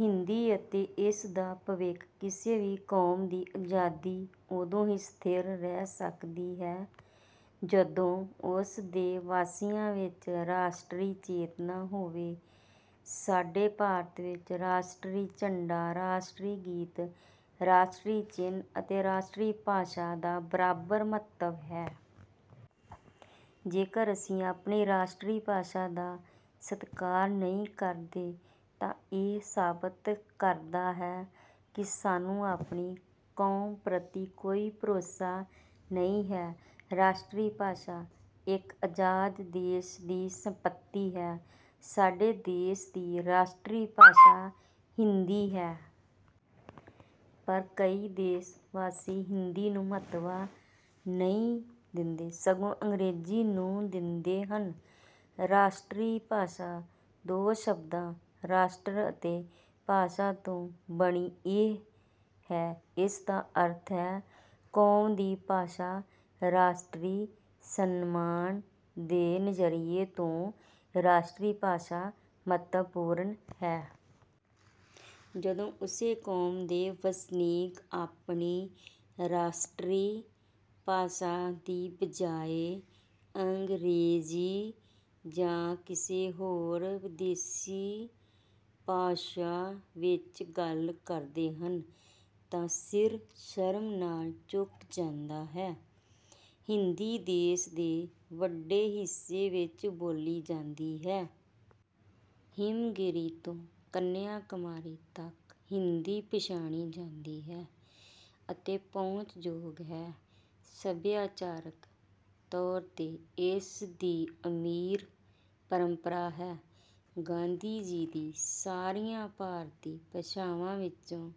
ਹਿੰਦੀ ਅਤੇ ਇਸ ਦਾ ਭਵਿੱਖ ਕਿਸੇ ਵੀ ਕੌਮ ਦੀ ਆਜ਼ਾਦੀ ਉਦੋਂ ਹੀ ਸਥਿਰ ਰਹਿ ਸਕਦੀ ਹੈ ਜਦੋਂ ਉਸ ਦੇ ਵਾਸੀਆਂ ਵਿੱਚ ਰਾਸ਼ਟਰੀ ਚੇਤਨਾ ਹੋਵੇ। ਸਾਡੇ ਭਾਰਤ ਵਿੱਚ ਰਾਸ਼ਟਰੀ ਝੰਡਾ, ਰਾਸ਼ਟਰੀ ਗੀਤ, ਰਾਸ਼ਟਰੀ ਚਿੰਨ੍ਹ ਅਤੇ ਰਾਸ਼ਟਰੀ ਭਾਸ਼ਾ ਦਾ ਬਰਾਬਰ ਮਹੱਤਵ ਹੈ। ਜੇਕਰ ਅਸੀਂ ਆਪਣੀ ਰਾਸ਼ਟਰੀ ਭਾਸ਼ਾ ਦਾ ਸਤਿਕਾਰ ਨਹੀਂ ਕਰਦੇ ਤਾਂ ਇਹ ਸਾਬਤ ਕਰਦਾ ਹੈ ਕਿ ਸਾਨੂੰ ਆਪਣੀ ਕੌਮ ਪ੍ਰਤੀ ਕੋਈ ਭਰੋਸਾ ਨਹੀਂ ਹੈ। ਰਾਸ਼ਟਰੀ ਭਾਸ਼ਾ ਇੱਕ ਆਜ਼ਾਦ ਦੇਸ਼ ਦੀ ਸੰਪਤੀ ਹੈ। ਸਾਡੇ ਦੇਸ਼ ਦੀ ਰਾਸ਼ਟਰੀ ਭਾਸ਼ਾ ਹਿੰਦੀ ਹੈ। ਪਰ ਕਈ ਦੇਸ਼ ਵਾਸੀ ਹਿੰਦੀ ਨੂੰ ਮਹੱਤਵ ਨਹੀਂ ਦਿੰਦੇ ਸਗੋਂ ਅੰਗਰੇਜ਼ੀ ਨੂੰ ਦਿੰਦੇ ਹਨ। ਰਾਸ਼ਟਰੀ ਭਾਸ਼ਾ ਦੋ ਸ਼ਬਦਾਂ, ਰਾਸ਼ਟਰ ਅਤੇ ਭਾਸ਼ਾ ਤੋਂ ਬਣੀ ਹੈ। ਇਸ ਦਾ ਅਰਥ ਹੈ ਕੌਮ ਦੀ ਭਾਸ਼ਾ। ਰਾਸ਼ਟਰੀ ਸਨਮਾਨ ਦੇ ਨਜ਼ਰੀਏ ਤੋਂ ਰਾਸ਼ਟਰੀ ਭਾਸ਼ਾ ਮਹੱਤਵਪੂਰਨ ਹੈ। ਜਦੋਂ ਉਸੇ ਕੌਮ ਦੇ ਵਸਨੀਕ ਆਪਣੀ ਰਾਸ਼ਟਰੀ ਭਾਸ਼ਾ ਦੀ ਬਜਾਏ ਅੰਗਰੇਜ਼ੀ ਜਾਂ ਕਿਸੇ ਹੋਰ ਵਿਦੇਸ਼ੀ ਭਾਸ਼ਾ ਵਿੱਚ ਗੱਲ ਕਰਦੇ ਹਨ ਤਾਂ ਸਿਰ ਸ਼ਰਮ ਨਾਲ ਝੁਕ ਜਾਂਦਾ ਹੈ। ਹਿੰਦੀ ਦੇਸ਼ ਦੇ ਵੱਡੇ ਹਿੱਸੇ ਵਿੱਚ ਬੋਲੀ ਜਾਂਦੀ ਹੈ। ਹਿਮਗਿਰੀ ਤੋਂ ਕੰਨਿਆਕੁਮਾਰੀ ਤੱਕ ਹਿੰਦੀ ਪਛਾਣੀ ਜਾਂਦੀ ਹੈ ਅਤੇ ਪਹੁੰਚਯੋਗ ਹੈ। ਸੱਭਿਆਚਾਰਕ ਤੌਰ 'ਤੇ ਇਸਦੀ ਅਮੀਰ ਪਰੰਪਰਾ ਹੈ। ਗਾਂਧੀ ਜੀ ਸਾਰੀਆਂ ਭਾਰਤੀ ਭਾਸ਼ਾਵਾਂ ਵਿੱਚੋਂ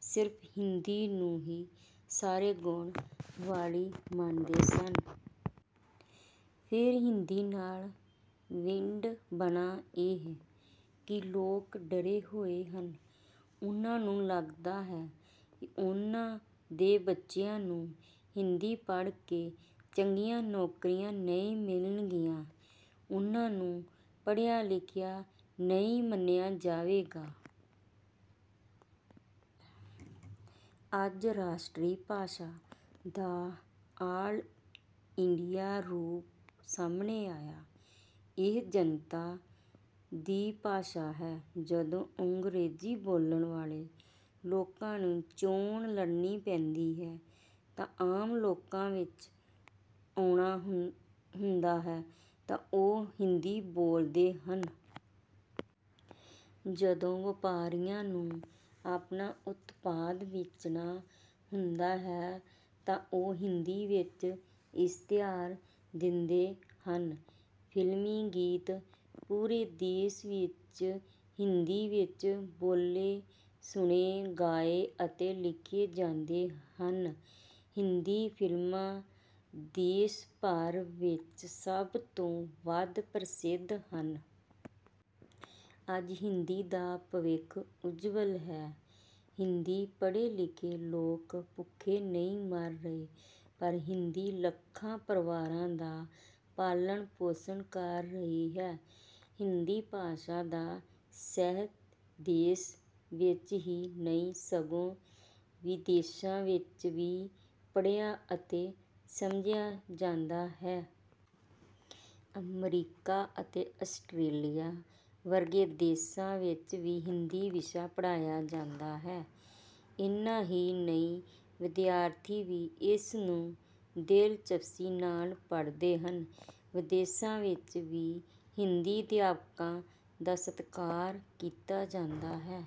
ਸਿਰਫ਼ ਹਿੰਦੀ ਨੂੰ ਹੀ ਸਾਰੇ ਗੁਣਾਂ ਵਾਲੀ ਮੰਨਦੇ ਸਨ। ਫਿਰ ਹਿੰਦੀ ਨਾਲ ਵਿਡੰਬਨਾ ਇਹ ਹੈ ਕਿ ਲੋਕ ਡਰੇ ਹੋਏ ਹਨ। ਉਨ੍ਹਾਂ ਨੂੰ ਲੱਗਦਾ ਹੈ ਕਿ ਉਨ੍ਹਾਂ ਦੇ ਬੱਚਿਆਂ ਨੂੰ ਹਿੰਦੀ ਪੜ੍ਹ ਕੇ ਚੰਗੀਆਂ ਨੌਕਰੀਆਂ ਨਹੀਂ ਮਿਲਣਗੀਆਂ। ਉਨ੍ਹਾਂ ਨੂੰ ਪੜ੍ਹਿਆ ਲਿਖਿਆ ਨਹੀਂ ਮੰਨਿਆ ਜਾਵੇਗਾ। ਅੱਜ ਰਾਸ਼ਟਰੀ ਭਾਸ਼ਾ ਦਾ ਆਲ ਇੰਡੀਆ ਰੂਪ ਸਾਹਮਣੇ ਆਇਆ ਹੈ, ਇਹ ਜਨਤਾ ਦੀ ਭਾਸ਼ਾ ਹੈ। ਜਦੋਂ ਅੰਗਰੇਜ਼ੀ ਬੋਲਣ ਵਾਲੇ ਲੋਕਾਂ ਨੂੰ ਚੋਣ ਲੜਨੀ ਪੈਂਦੀ ਹੈ ਅਤੇ ਆਮ ਲੋਕਾਂ ਵਿੱਚ ਆਉਣਾ ਹੁੰਦਾ ਹੈ ਤਾਂ ਉਹ ਹਿੰਦੀ ਬੋਲਦੇ ਹਨ। ਜਦੋਂ ਵਪਾਰੀਆਂ ਨੂੰ ਆਪਣਾ ਉਤਪਾਦ ਵੇਚਣਾ ਹੁੰਦਾ ਹੈ ਤਾਂ ਉਹ ਹਿੰਦੀ ਵਿੱਚ ਇਸ਼ਤਿਹਾਰ ਦਿੰਦੇ ਹਨ। ਫਿਲਮੀ ਗੀਤ ਪੂਰੇ ਦੇਸ਼ ਵਿੱਚ ਹਿੰਦੀ ਵਿੱਚ ਬੋਲੇ, ਸੁਣੇ, ਗਾਏ ਅਤੇ ਲਿਖੇ ਜਾਂਦੇ ਹਨ। ਹਿੰਦੀ ਫਿਲਮਾਂ ਦੇਸ਼ ਭਰ ਵਿੱਚ ਸਭ ਤੋਂ ਵੱਧ ਪ੍ਰਸਿੱਧ ਹਨ। ਅੱਜ ਹਿੰਦੀ ਦਾ ਭਵਿੱਖ ਉੱਜਵਲ ਹੈ। ਹਿੰਦੀ ਪੜ੍ਹੇ-ਲਿਖੇ ਲੋਕ ਭੁੱਖੇ ਨਹੀਂ ਮਰ ਰਹੇ ਪਰ ਹਿੰਦੀ ਲੱਖਾਂ ਪਰਿਵਾਰਾਂ ਦਾ ਪਾਲਣ ਪੋਸ਼ਣ ਕਰ ਰਹੀ ਹੈ। ਹਿੰਦੀ ਭਾਸ਼ਾ ਦਾ ਸਾਹਿਤ ਦੇਸ਼ ਵਿੱਚ ਹੀ ਨਹੀਂ ਸਗੋਂ ਵਿਦੇਸ਼ਾਂ ਵਿੱਚ ਵੀ ਪੜ੍ਹਿਆ ਅਤੇ ਸਮਝਿਆ ਜਾਂਦਾ ਹੈ। ਅਮਰੀਕਾ ਅਤੇ ਆਸਟ੍ਰੇਲੀਆ ਵਰਗੇ ਦੇਸ਼ਾਂ ਵਿੱਚ ਵੀ ਹਿੰਦੀ ਵਿਸ਼ਾ ਪੜ੍ਹਾਇਆ ਜਾਂਦਾ ਹੈ। ਇੰਨਾ ਹੀ ਨਹੀਂ ਵਿਦਿਆਰਥੀ ਵੀ ਇਸ ਨੂੰ ਦਿਲਚਸਪੀ ਨਾਲ ਪੜ੍ਹਦੇ ਹਨ। ਵਿਦੇਸ਼ਾਂ ਵਿੱਚ ਵੀ ਹਿੰਦੀ ਅਧਿਆਪਕਾਂ ਦਾ ਸਤਿਕਾਰ ਕੀਤਾ ਜਾਂਦਾ ਹੈ।